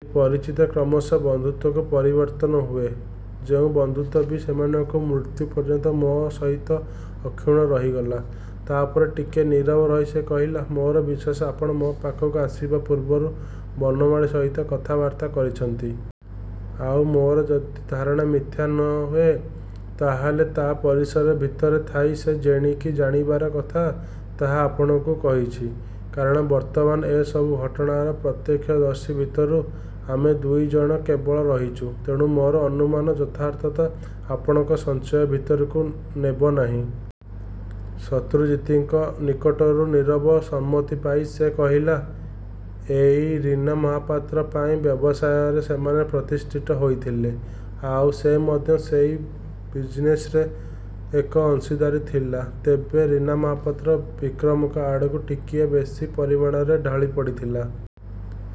ସେଇ ପରିଚିତ କ୍ରମଶଃ ବନ୍ଧୁତ୍ୱକୁ ପରିବର୍ତ୍ତନ ହୁଏ, ଯେଉଁ ବନ୍ଧୁତ୍ୱ କି ସେମାନଙ୍କ ମୃତ୍ୟୁ ପର୍ଯ୍ୟନ୍ତ ମୋ ସହିତ ଅକ୍ଷୁଣ୍ଣ ରହିଥିଲା। ' ତା'ପରେ ଟିକିଏ ନୀରବ ରହି ସେ କହିଲେ, 'ମୋର ବିଶ୍ୱାସ, ଆପଣ ମୋ ପାଖକୁ ଆସିବା ପୂର୍ବରୁ ବନମାଳୀ ସହିତ କଥାବାର୍ତ୍ତା କରିଛନ୍ତି। ଆଉ ମୋର ଯଦି ଧାରଣା ମିଥ୍ୟା ନ। ହୁଏ, ତାହେଲେ ତା' ପରିସର ଭିତରେ ଥାଇ ସେ ଯେତିକି ଜାଣିବାର କଥା, ତାହା ଆପଣଙ୍କୁ କହିଛି। କାରଣ ବର୍ତ୍ତମାନ ଏ ସବୁ ଘଟଣାର ପ୍ରତ୍ୟକ୍ଷଦର୍ଶୀ ଭିତରୁ ଆମେ ଦୁଇଜଣ କେବଳ ରହିଛୁଁ। ତେଣୁ ମୋର ଅନୁମାନର ଯଥାର୍ଥତା ଆପଣଙ୍କୁ ସଂଶୟ ଭିତରକୁ ନେବ ନାହିଁ। ' ଶତ୍ରୁଜିତଙ୍କ ନିକଟରୁ ନୀରବ ସମ୍ମତି ପାଇ ସେ କହିଲେ, 'ଏଇ ରୀନା ମହାପାତ୍ର ପାଇଁ ବ୍ୟବସାୟରେ ସେମାନେ ପ୍ରତିଷ୍ଠିତ ହୋଇଥିଲେ। ଆଉ ସେ ମଧ୍ୟ ସେଇ ବିଜିନେସ୍ରେ ଏକ ଅଂଶୀଦାର ଥିଲା। ତେବେ ରୀନା ମହାପାତ୍ର ବିକ୍ରମଙ୍କ ଆଡ଼କୁ ଟିକିଏ ବେଶୀ ପରିମାଣରେ ଢଳିପଡ଼ିଥିଲା।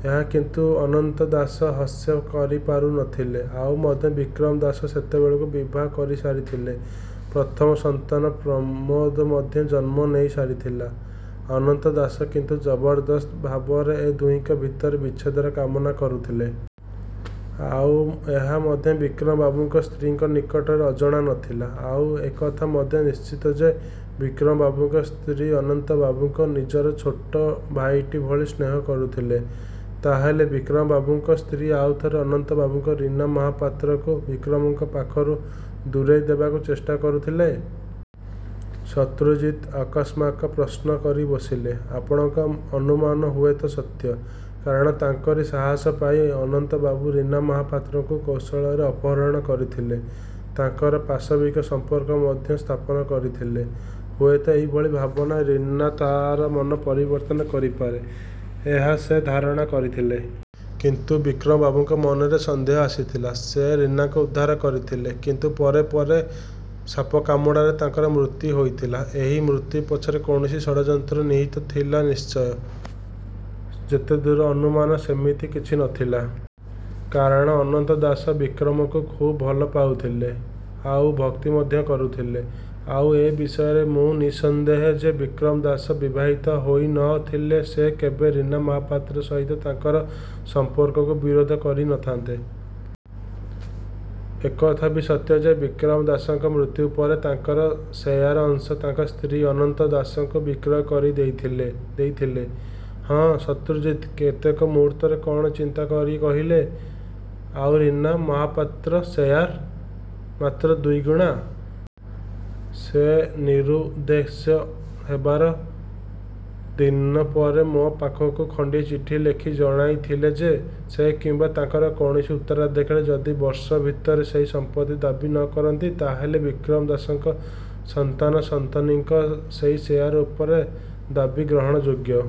ଏହା କିନ୍ତୁ ଅନନ୍ତ ଦାସ ସହ୍ୟ କରିପାରୁ ନ ଥିଲେ। ଆଉ ମଧ୍ୟ ବିକ୍ରମ ଦାସ ସେତେବେଳକୁ ବିବାହ କରିସାରିଥିଲେ। ପ୍ରଥମ ସନ୍ତାନ ପ୍ରମୋଦ ମଧ୍ୟ ଜନ୍ମ ନେଇ ସାରିଥିଲା। ଅନନ୍ତ ଦାସ କିନ୍ତୁ ଜବରଦସ୍ତ ଭାବରେ ଏ ଦୁହିଁଙ୍କ ଭିତରେ ବିଚ୍ଛେଦର କାମନା କରୁଥିଲେ। ଆଉ ଏହା ମଧ୍ୟ ବିକ୍ରମ ବାବୁଙ୍କ ସ୍ତ୍ରୀଙ୍କ ନିକଟରେ ଅଜଣା ନ ଥିଲା। ଆଉ ଏକଥା ମଧ୍ୟ ନିଶ୍ଚିତ ଯେ, ବିକ୍ରମବାବୁଙ୍କ ସ୍ତ୍ରୀ ଅନନ୍ତବାବୁଙ୍କୁ ନିଜର ଛୋଟ ଭାଇଟି ଭଳି ସ୍ନେହ କରୁଥିଲେ। ' 'ତା'ହେଲେ ବିକ୍ରମବାବୁଙ୍କ ସ୍ତ୍ରୀ ଆଉ ଅନନ୍ତବାବୁ ରୀନା ମହାପାତ୍ରକୁ ବିକ୍ରମଙ୍କ ପାଖରୁ ଦୂରେଇଦେବାକୁ ଚେଷ୍ଟା କରୁଥିଲେ? ' ଶତ୍ରୁଜିତ୍ ଅକସ୍ମାତ ପ୍ରଶ୍ନ କରି ବସିଲେ। 'ଆପଣଙ୍କ ଅନୁମାନ ହୁଏତ ସତ୍ୟ। କାରଣ ତାଙ୍କରି ସାହସ ପାଇ ଅନନ୍ତବାବୁ ରୀନା ମହାପାତ୍ରକୁ କୌଶଳରେ ଅପହରଣ କରିଥିଲେ, ଆଉ ପାଶବିକ ସଂପର୍କ ମଧ୍ୟ ସ୍ଥାପନ କରିଥିଲେ-। ହୁଏତ ଏହିଭଳି ଭାବରେ ରୀନା ତା'ର ମତ ପରିବର୍ତ୍ତନ କରିପାରେ, ଏହା ସେ ଧାରଣା କରିଥିଲେ। କିନ୍ତୁ ବିକ୍ରମବାବୁଙ୍କ ମନରେ ସନ୍ଦେହ ଆସିଥିଲା। ସେ ରୀନାଙ୍କୁ ଉଦ୍ଧାର କରିଥିଲେ-। କିନ୍ତୁ ପରେ ପରେ ସାପକାମୁଡ଼ାରେ ତାଙ୍କର ମୃତ୍ୟୁ ହୋଇଥିଲା। ' 'ଏହି ମୃତ୍ୟୁ ପଛରେ କୌଣସି ଷଡ଼ଯନ୍ତ୍ର ନିହିତ ଥିଲା ନିଶ୍ଚୟ? ' 'ମୋର ଯେତେଦୂର ଅନୁମାନ, ସେମିତି କିଛି ନ ଥିଲା। କାରଣ ଅନନ୍ତ ଦାସ ବିକ୍ରମଙ୍କୁ ଖୁବ୍ ଭଲ ପାଉଥିଲେ ଆଉ ଭକ୍ତି ମଧ୍ୟ କରୁଥିଲେ। ଆଉ ଏ ବିଷୟରେ ମୁଁ ନିଃସନ୍ଦେହ ଯେ ବିକ୍ରମ ଦାସ ବିବାହିତ ହୋଇ ନ ଥିଲେ ସେ କେବେ ରୀନା ମହାପାତ୍ର ସହିତ ତାଙ୍କର ସମ୍ପର୍କକୁ ବିରୋଧ କରି ନ ଥାନ୍ତେ। 'ଏକଥା ବି ସତ୍ୟ ଯେ, ବିକ୍ରମ ଦାସଙ୍କ ମୃତ୍ୟୁ ପରେ ତାଙ୍କର ସେୟାର ଅଂଶ ତାଙ୍କ ସ୍ତ୍ରୀ ଅନନ୍ତ ଦାସଙ୍କୁ ବିକ୍ରୟ କରି ଦେଇଥିଲେ? ' 'ହଁ। ' ଶତ୍ରୁଜିତ କେତେକ ମୁହୂର୍ତ୍ତ କ'ଣ ଚିନ୍ତା କରି କହିଲେ, 'ଆଉ ରୀନା ମହାପାତ୍ରର ସେୟାର? ' 'ମାତ୍ର ଦୁଇଅଣା। ସେ ନିରୁଦ୍ଦେଶ୍ୟ ହେବାର। ଦିନ ପରେ ମୋ ପାଖକୁ ଖଣ୍ଡିଏ ଚିଠି ଲେଖି ଜଣାଇଥିଲା ଯେ, ସେ କିମ୍ବା ତାଙ୍କର କୌଣସି ଉତ୍ତରାଧିକାରୀ ଯଦି ବର୍ଷ ଭିତରେ ସେଇ ସମ୍ପତ୍ତି ଦାବୀ ନ କରନ୍ତି, ତା'ହେଲେ ବିକ୍ରମ ଦାସଙ୍କର ସନ୍ତାନସନ୍ତତିଙ୍କର ସେଇ ସେୟାର ଉପରେ ଦାବୀ ଗ୍ରହଣଯୋଗ୍ୟ